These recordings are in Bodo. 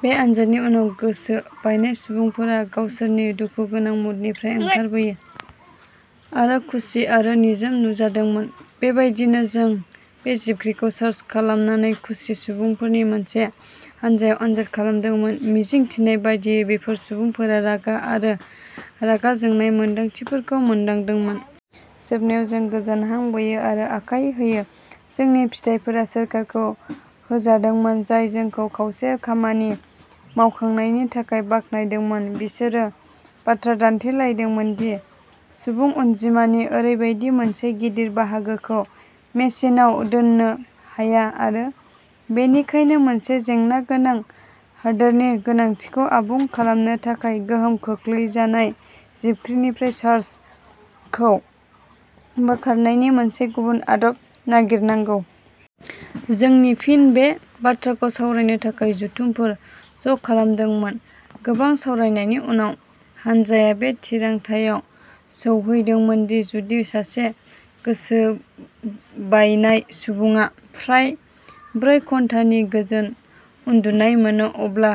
बे आनजादनि उनाव, गोसो बायनाय सुबुंफोरा गावसोरनि दुखुगोनां मुडनिफ्राय ओंखारबोयो आरो खुसि आरो निजोम नुजादोंमोन। बेबायदिनो, जों बे जिबख्रिखौ चार्ज खालामनानै खुसि सुबुंफोरनि मोनसे हानजायाव आनजाद खालामदोंमोन। मिजिंथिनाय बायदियै, बेफोर सुबुंफोरा रागा आरो रागा जोंनाय मोन्दांथिफोरखौ मोनदांदोंमोन। जोबनायाव जों गोजोन हां बोयो आरो आखाय होयो। जोंनि फिथाइफोरा सोरखारखौ होजादोंमोन, जाय जोंखौ खावसे खामानि मावखांनायनि थाखाय बाख्नायदोंमोन। बिसोरो बाथ्रा दान्थेलायदोंमोन दि सुबुं अनजिमानि ओरैबायदि मोनसे गिदिर बाहागोखौ मेसिनआव दोन्नो हाया आरो बेनिखायनो मोनसे जेंनागोनां हादोरनि गोनांथिखौ आबुं खालामनो थाखाय गोहोम खोख्लैजानाय जिबख्रिनिफ्राय चार्जखौ बोखारनायनि मोनसे गुबुन आदब नागिरनांगौ। जों फिन बे बाथ्राखौ सावरायनो थाखाय जथुमफोर ज'खालामदोंमोन। गोबां सावरायनायनि उनाव, हानजाया बे थिरांथायाव सौहैदोंमोन दि जुदि सासे गोसोबायनाय सुबुङा फ्राय ब्रै घन्टानि गोजोन उन्दुनाय मोनो, अब्ला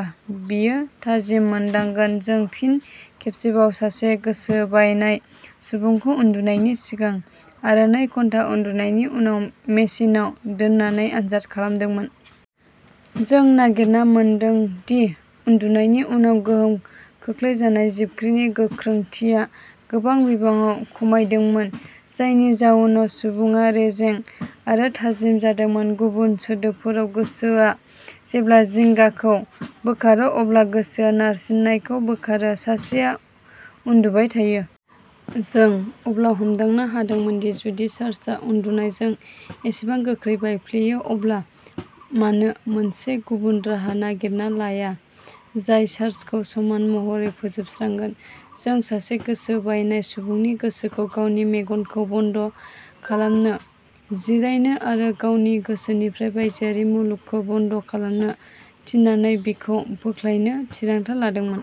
बियो थाजिम मोनदांगोन। जों फिन खेबसेबाव सासे गोसोबायनाय सुबुंखौ उन्दुनायनि सिगां आरो नै घन्टा उन्दुनायनि उनाव मेसिनआव दोननानै आनजाद खालामदोंमोन। जों नागिरना मोनदों दि उन्दुनायनि उनाव, गोहोम खोख्लैजानाय जिबख्रिनि गोख्रोंथिया गोबां बिबाङाव खमायदोंमोन, जायनि जाउनाव सुबुङा रेजें आरो थाजिम जादोंमोन। गुबुन सोदोबफोराव, गोसोआ जेब्ला जिंगाखौ बोखारो अब्ला गोसोआ नारसिननायखौ बोखारो। सासेया उन्दुबाय थायो। जों अब्ला हमदांनो हादोंमोन दि जुदि चार्जआ उन्दुनायजों एसेबां गोख्रै बायफ्लेयो, अब्ला मानो मोनसे गुबुन राहा नागिरना लाया जाय चार्जखौ समान महरै फोजोबस्रांगोन। जों सासे गोसो बायनाय सुबुंनि गोसोखौ गावनि मेगनखौ बन्द'खालामनो, जिरायनो आरो गावनि गोसोनिफ्राय बायजोआरि मुलुगखौ बन्द'खालामनो थिननानै बिखौ बोख्लायनो थिरांथा लादोंमोन।